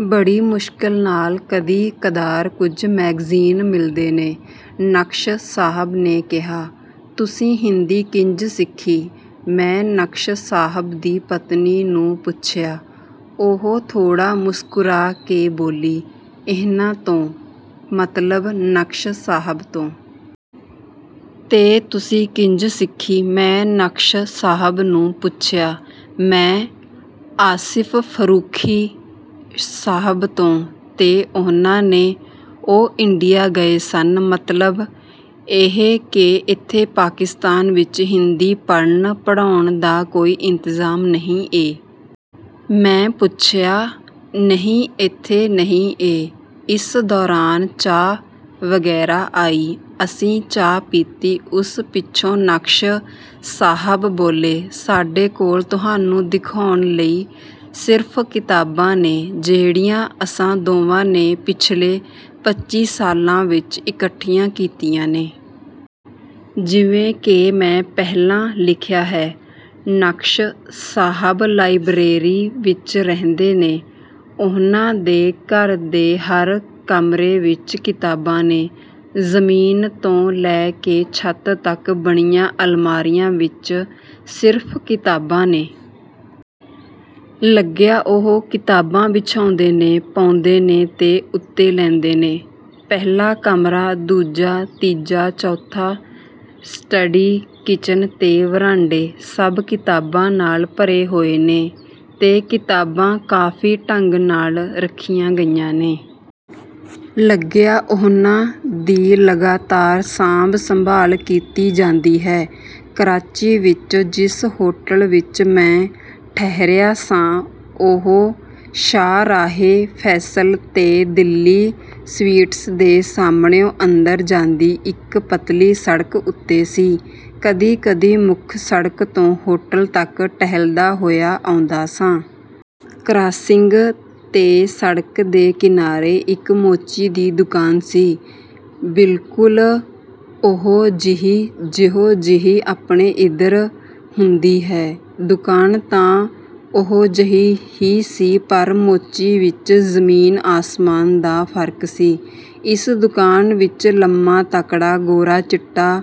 ਬੜੀ ਮੁਸ਼ਕਲ ਨਾਲ ਕਦੀ-ਕਦਾਰ ਕੁਝ ਮੈਗਜ਼ੀਨ ਮਿਲਦੇ ਨੇ।” ਨਕਸ਼ ਸਾਹਬ ਨੇ ਕਿਹਾ। “ਤੁਸੀਂ ਹਿੰਦੀ ਕਿੰਜ ਸਿੱਖੀ?” ਮੈਂ ਨਕਸ਼ ਸਾਹਬ ਦੀ ਪਤਨੀ ਨੂੰ ਪੁੱਛਿਆ। ਉਹ ਥੋੜ੍ਹਾ ਮੁਸਕੁਰਾ ਕੇ ਬੋਲੀ, “ਇਹਨਾਂ ਤੋਂ।” ਮਤਲਬ ‘ਨਕਸ਼’ ਸਾਹਬ ਤੋਂ। “ਤੇ ਤੁਸੀਂ ਕਿੰਜ ਸਿੱਖੀ?” ਮੈਂ ‘ਨਕਸ਼’ ਸਾਹਬ ਨੂੰ ਪੁੱਛਿਆ। “ਮੈਂ... ਆਸਿਫ ਫ਼ਰੂਖੀ ਸਾਹਬ ਤੋਂ।” “ਤੇ ਉਹਨਾਂ ਨੇ?” “ਉਹ ਇੰਡੀਆ ਗਏ ਸਨ...” “ਮਤਲਬ ਇਹ ਕਿ ਇੱਥੇ ਪਾਕਿਸਤਾਨ ਵਿਚ ਹਿੰਦੀ ਪੜ੍ਹਨ/ਪੜ੍ਹਾਉਣ ਦਾ ਕੋਈ ਇੰਤਜ਼ਾਮ ਨਹੀਂ ਏ...” ਮੈਂ ਪੁੱਛਿਆ। “ਨਹੀਂ, ਇੱਥੇ ਨਹੀਂ ਏ।” ਇਸ ਦੌਰਾਨ ਚਾਹ ਵਗੈਰਾ ਆਈ। ਅਸੀਂ ਚਾਹ ਪੀਤੀ। ਉਸ ਪਿੱਛੋਂ ‘ਨਕਸ਼’ ਸਾਹਬ ਬੋਲੇ, “ਸਾਡੇ ਕੋਲ ਤੁਹਾਨੂੰ ਦਿਖਾਉਣ ਲਈ ਸਿਰਫ਼ ਕਿਤਾਬਾਂ ਨੇ... ਜਿਹੜੀਆਂ ਅਸਾਂ ਦੋਵਾਂ ਨੇ ਪਿਛਲੇ ਪੱਚੀ ਸਾਲਾਂ ਵਿਚ ਇਕੱਠੀਆਂ ਕੀਤੀਆਂ ਨੇ।” ਜਿਵੇਂ ਕਿ ਮੈਂ ਪਹਿਲਾਂ ਲਿਖਿਆ ਹੈ, ਨਕਸ਼ ਸਾਹਬ ਲਾਇਬਰੇਰੀ ਵਿਚ ਰਹਿੰਦੇ ਨੇ। ਉਹਨਾਂ ਦੇ ਘਰ ਦੇ ਹਰ ਕਮਰੇ ਵਿਚ ਕਿਤਾਬਾਂ ਨੇ। ਜ਼ਮੀਨ ਤੋਂ ਲੈ ਕੇ ਛੱਤ ਤਕ ਬਣੀਆਂ ਅਲਮਾਰੀਆਂ ਵਿਚ ਸਿਰਫ਼ ਕਿਤਾਬਾਂ ਨੇ। ਲੱਗਿਆ ਉਹ ਕਿਤਾਬਾਂ ਵਿਛਾਉਂਦੇ ਨੇ, ਪਾਉਂਦੇ ਨੇ ਤੇ ਉੱਤੇ ਲੈਂਦੇ ਨੇ। ਪਹਿਲਾ ਕਮਰਾ, ਦੂਜਾ, ਤੀਜਾ, ਚੌਥਾ, ਸਟਡੀ, ਕਿਚਨ ਤੇ ਵਰਾਂਡੇ, ਸਭ ਕਿਤਾਬਾਂ ਨਾਲ ਭਰੇ ਹੋਏ ਨੇ। ਤੇ ਕਿਤਾਬਾਂ ਕਾਫ਼ੀ ਢੰਗ ਨਾਲ ਰੱਖੀਆਂ ਗਈਆਂ ਨੇ। ਲੱਗਿਆ ਉਹਨਾਂ ਦੀ ਲਗਾਤਾਰ ਸਾਂਭ-ਸੰਭਾਲ ਕੀਤੀ ਜਾਂਦੀ ਹੈ। ਕਰਾਚੀ ਵਿਚ ਜਿਸ ਹੋਟਲ ਵਿਚ ਮੈਂ ਠਹਿਰਿਆ ਸਾਂ, ਉਹ ਸ਼ਾਹਰਾਹੇ ਫੈਸਲ ’ਤੇ ‘ਦਿੱਲੀ ਸਵੀਟਸ’ ਦੇ ਸਾਹਮਣਿਓਂ ਅੰਦਰ ਜਾਂਦੀ ਇਕ ਪਤਲੀ ਸੜਕ ਉੱਤੇ ਸੀ। ਕਦੀ-ਕਦੀ ਮੁੱਖ ਸੜਕ ਤੋਂ ਹੋਟਲ ਤਕ ਟਹਿਲਦਾ ਹੋਇਆ ਆਉਂਦਾ ਸਾਂ। ਕਰਾਸਿੰਗ ’ਤੇ ਸੜਕ ਦੇ ਕਿਨਾਰੇ ਇਕ ਮੋਚੀ ਦੀ ਦੁਕਾਨ ਸੀ। ਬਿਲਕੁਲ ਓਹੋ-ਜਿਹੀ ਜਿਹੋ-ਜਿਹੀ ਆਪਣੇ ਇਧਰ ਹੁੰਦੀ ਹੈ। ਦੁਕਾਨ ਤਾਂ ਓਹੋ-ਜਿਹੀ ਹੀ ਸੀ, ਪਰ ਮੋਚੀ ਵਿਚ ਜ਼ਮੀਨ-ਆਸਮਾਨ ਦਾ ਫ਼ਰਕ ਸੀ। ਇਸ ਦੁਕਾਨ ਵਿਚ ਲੰਮਾ-ਤਕੜਾ, ਗੋਰਾ-ਚਿੱਟਾ,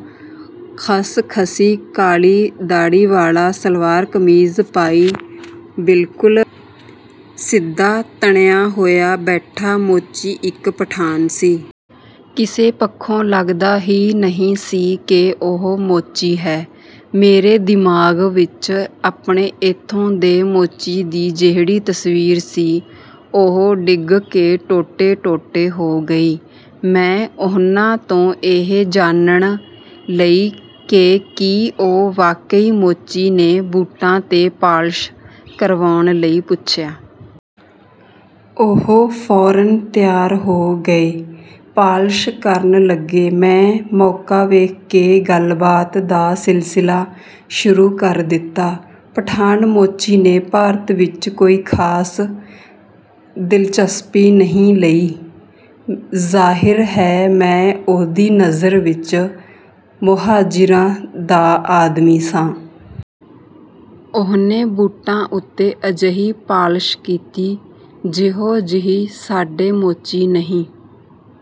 ਖਸ਼ਖਸ਼ੀ ਕਾਲੀ ਦਾੜ੍ਹੀ ਵਾਲਾ, ਸਲਵਾਰ ਕਮੀਜ਼ ਪਾਈ, ਬਿਲਕੁਲ ਸਿੱਧਾ ਤਣਿਆ ਹੋਇਆ ਬੈਠਾ ਮੋਚੀ ਇਕ ਪਠਾਨ ਸੀ। ਕਿਸੇ ਪੱਖੋਂ ਲੱਗਦਾ ਹੀ ਨਹੀਂ ਸੀ ਕਿ ਉਹ ਮੋਚੀ ਹੈ। ਮੇਰੇ ਦਿਮਾਗ਼ ਵਿਚ ਆਪਣੇ ਏਥੋਂ ਦੇ ਮੋਚੀ ਦੀ ਜਿਹੜੀ ਤਸਵੀਰ ਸੀ, ਉਹ ਡਿੱਗ ਕੇ ਟੋਟੇ-ਟੋਟੇ ਹੋ ਗਈ। ਮੈਂ ਉਹਨਾਂ ਤੋਂ ਇਹ ਜਾਣਨ ਲਈ ਕਿ ਕੀ ਉਹ ਵਾਕਈ ਮੋਚੀ ਨੇ, ਬੂਟਾਂ ’ਤੇ ਪਾਲਸ਼ ਕਰਵਾਉਣ ਲਈ ਪੁੱਛਿਆ। ਉਹ ਫ਼ੌਰਨ ਤਿਆਰ ਹੋ ਗਏ। ਪਾਲਸ਼ ਕਰਨ ਲੱਗੇ। ਮੈਂ ਮੌਕਾ ਵੇਖ ਕੇ ਗੱਲਬਾਤ ਦਾ ਸਿਲਸਿਲਾ ਸ਼ੁਰੂ ਕਰ ਦਿੱਤਾ। ਪਠਾਨ ਮੋਚੀ ਨੇ ਭਾਰਤ ਵਿਚ ਕੋਈ ਖਾਸ ਦਿਲਚਸਪੀ ਨਹੀਂ ਲਈ। ਜ਼ਾਹਿਰ ਹੈ, ਮੈਂ ਉਹਦੀ ਨਜ਼ਰ ਵਿਚ ਮੋਹਾਜਿਰਾਂ ਦਾ ਆਦਮੀ ਸਾਂ। ਉਹਨੇ ਬੂਟਾਂ ਉੱਤੇ ਅਜਿਹੀ ਪਾਲਸ਼ ਕੀਤੀ, ਜਿਹੋ-ਜਿਹੀ ਸਾਡੇ ਮੋਚੀ ਨਹੀਂ..